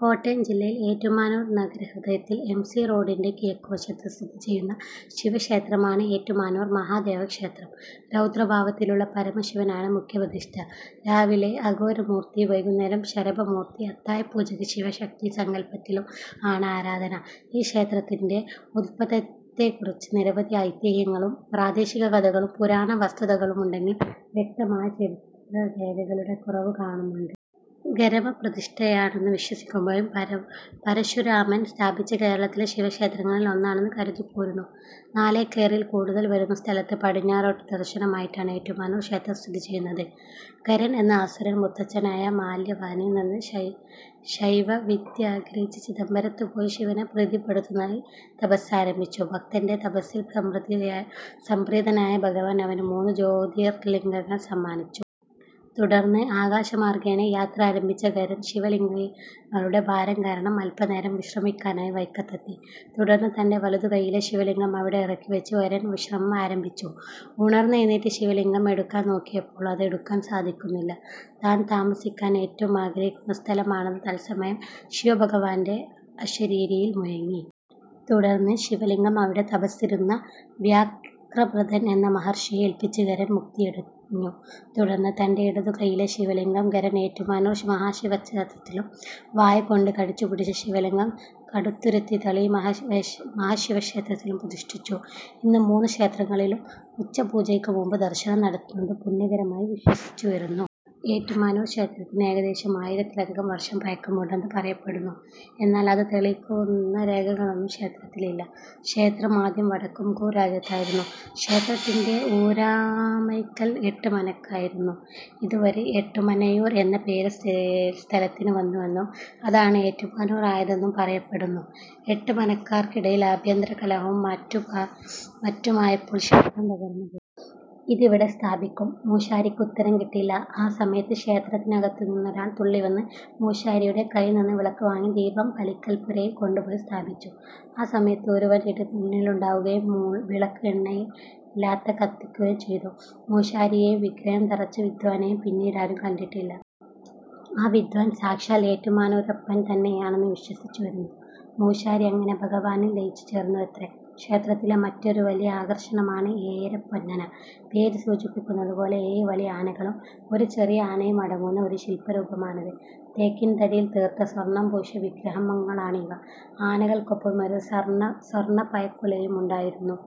കോട്ടയം ജില്ലയിൽ ഏറ്റുമാനൂർ നഗരഹൃദയത്തിൽ M. C. റോഡിന്റെ കിഴക്കുവശത്ത് സ്ഥിതിചെയ്യുന്ന ശിവക്ഷേത്രമാണ് ഏറ്റുമാനൂർ മഹാദേവ ക്ഷേത്രം. രൗദ്ര ഭാവത്തിലുള്ള പരമശിവൻ ആണ് മുഖ്യ പ്രതിഷ്ഠ. രാവിലെ അഘോരമൂർത്തി, വൈകുന്നേരം ശരഭമൂർത്തി, അത്താഴപൂജക്ക് ശിവശക്തി സങ്കല്പത്തിലും ആണ് ആരാധന. ഈ ക്ഷേത്രത്തിന്റെ ഉത്പത്തിയെക്കുറിച്ച് നിരവധി ഐതിഹ്യങ്ങളും, പ്രാദേശിക കഥകളും പുരാണ വസ്തുതകളുമുണ്ടെങ്കിലും വ്യക്തമായ ചരിത്രരേഖകളുടെ കുറവുകാണുന്നുണ്ട്. ഖരപ്രതിഷ്ഠയാണന്നു വിശ്വസിക്കുമ്പോഴും പരശുരാമൻ സ്ഥാപിച്ച കേരളത്തിലെ ശിവക്ഷേത്രങ്ങളിൽ ഒന്നാണന്നും കരുതിപോരുന്നു. നാലേക്കറിൽ കൂടുതൽ വരുന്ന സ്ഥലത്ത് പടിഞ്ഞാറോട്ട് ദർശനമായിട്ടാണ് ഏറ്റുമാനൂർ ക്ഷേത്രം സ്ഥിതിചെയ്യുന്നത്.. ഖരൻ എന്ന അസുരൻ മുത്തച്ഛനായ മാല്യവാനിൽ നിന്ന് ശൈവവിദ്യ ഗ്രഹിച്ച് ചിദംബരത്തുപോയി ശിവനെ പ്രീതിപ്പെടുത്താനായി തപസ്സാരംഭിച്ചു. ഭക്തന്റെ തപസ്സിൽ സംപ്രീതനായ ഭഗവാൻ അവന് മൂന്ന് ജ്യോതിർലിംഗങ്ങൾ സമ്മാനിച്ചു. തുടർന്ന്, ആകാശമാർഗ്ഗേണ യാത്ര ആരംഭിച്ച ഖരൻ ശിവലിംഗങ്ങളുടെ ഭാരം കാരണം അല്പനേരം വിശ്രമിയ്ക്കാനായി വൈക്കത്തെത്തി. തുടർന്ന്, തന്റെ വലതുകയ്യിലെ ശിവലിംഗം അവിടെ ഇറക്കിവച്ച് ഖരൻ വിശ്രമം ആരംഭിച്ചു. ഉണർന്നെഴുന്നേറ്റ് ശിവലിംഗം എടുക്കാൻ നോക്കിയപ്പോൾ അത് എടുക്കാൻ സാധിയ്ക്കുന്നില്ല. താൻ താമസിയ്ക്കാൻ ഏറ്റവും ആഗ്രഹിയ്ക്കുന്ന സ്ഥലമാണതെന്ന് തത്സമയം ശിവഭഗവാന്റെ അശരീരിയും മുഴങ്ങി. തുടർന്ന്, ശിവലിംഗം അവിടെ തപസ്സിരുന്ന വ്യാഘ്രപാദൻ എന്ന മഹർഷിയെ ഏല്പിച്ച് ഖരൻ മുക്തിയടഞ്ഞു. തുടർന്ന് തന്റെ ഇടതുകയ്യിലെ ശിവലിംഗം ഖരൻ ഏറ്റുമാനൂർ മഹാദേവക്ഷേത്രത്തിലും വായ കൊണ്ട് കടിച്ചുപിടിച്ച ശിവലിംഗം കടുത്തുരുത്തി തളി മഹാദേവക്ഷേത്രത്തിലും പ്രതിഷ്ഠിച്ചു. ഇന്നും മൂന്ന് ക്ഷേത്രങ്ങളിലും ഉച്ചപ്പൂജയ്ക്ക് മുമ്പ് ദർശനം നടത്തുന്നത് പുണ്യകരമായി വിശ്വസിച്ചുവരുന്നു. ഏറ്റുമാനൂർ ക്ഷേത്രത്തിന് ഏകദേശം ആയിരത്തിലധികം വർഷം പഴക്കമുണ്ടെന്നാണ് പറയപ്പെടുന്നു. എന്നാൽ, അത് തെളിയിയ്ക്കുന്ന രേഖകളൊന്നും ക്ഷേത്രത്തിലില്ല. ക്ഷേത്രം ആദ്യം വടക്കുംകൂർ രാജ്യത്തായിരുന്നു. ക്ഷേത്രത്തിന്റെ ഊരായ്മക്കാർ എട്ട് മനക്കാരായിരുന്നു. ഇതുവഴി 'എട്ടുമനയൂർ' എന്ന പേര് സ്ഥലത്തിന് വന്നുവെന്നും അതാണ് ഏറ്റുമാനൂർ ആയതെന്നും പറയപ്പെടുന്നു. എട്ട് മനക്കാർക്കിടയിലെ ആഭ്യന്തരകലഹവും മറ്റുമായപ്പോൾ ക്ഷേത്രം തകർന്നുപോയി. ഇതെവിടെ സ്ഥാപിയ്ക്കും? ' മൂശാരിയ്ക്ക് ഉത്തരം കിട്ടിയില്ല. ആ സമയത്ത് ക്ഷേത്രത്തിനകത്തുനിന്നൊരാൾ തുള്ളിവന്ന് മൂശാരിയുടെ കയ്യിൽ നിന്ന് വിളക്ക് വാങ്ങി ദീപം ബലിക്കൽപ്പുരയിൽ കൊണ്ടുപോയി സ്ഥാപിച്ചു. ആ സമയത്ത് ഒരു വൻ ഇടിമിന്നലുണ്ടാകുകയും വിളക്ക് എണ്ണയില്ലാതെ കത്തുകയും ചെയ്തു. മൂശാരിയെയും വിഗ്രഹം തറച്ച വിദ്വാനെയും പിന്നീടാരും കണ്ടിട്ടില്ല. ആ വിദ്വാൻ സാക്ഷാൽ ഏറ്റുമാനൂരപ്പൻ തന്നെയാണെന്ന് വിശ്വസിച്ചുവരുന്നു. മൂശാരി അങ്ങനെ ഭഗവാനിൽ ലയിച്ചുചേർന്നുവത്രേ! ക്ഷേത്രത്തിലെ മറ്റൊരു വലിയ ആകർഷണമാണ് ഏഴരപ്പൊന്നാന. പേര് സൂചിപ്പിയ്ക്കുന്നതുപോലെ ഏഴ് വലിയ ആനകളും ഒരു ചെറിയ ആനയും അടങ്ങുന്ന ഒരു ശില്പരൂപമാണിത്. തേക്കിൻതടിയിൽ തീർത്ത് സ്വർണ്ണം പൂശിയ വിഗ്രഹങ്ങളാണ് ഇവ. ആനകൾക്കൊപ്പം ഒരു സ്വർണ്ണ പഴക്കുലയും ഉണ്ടാക്കിയിരുന്നു.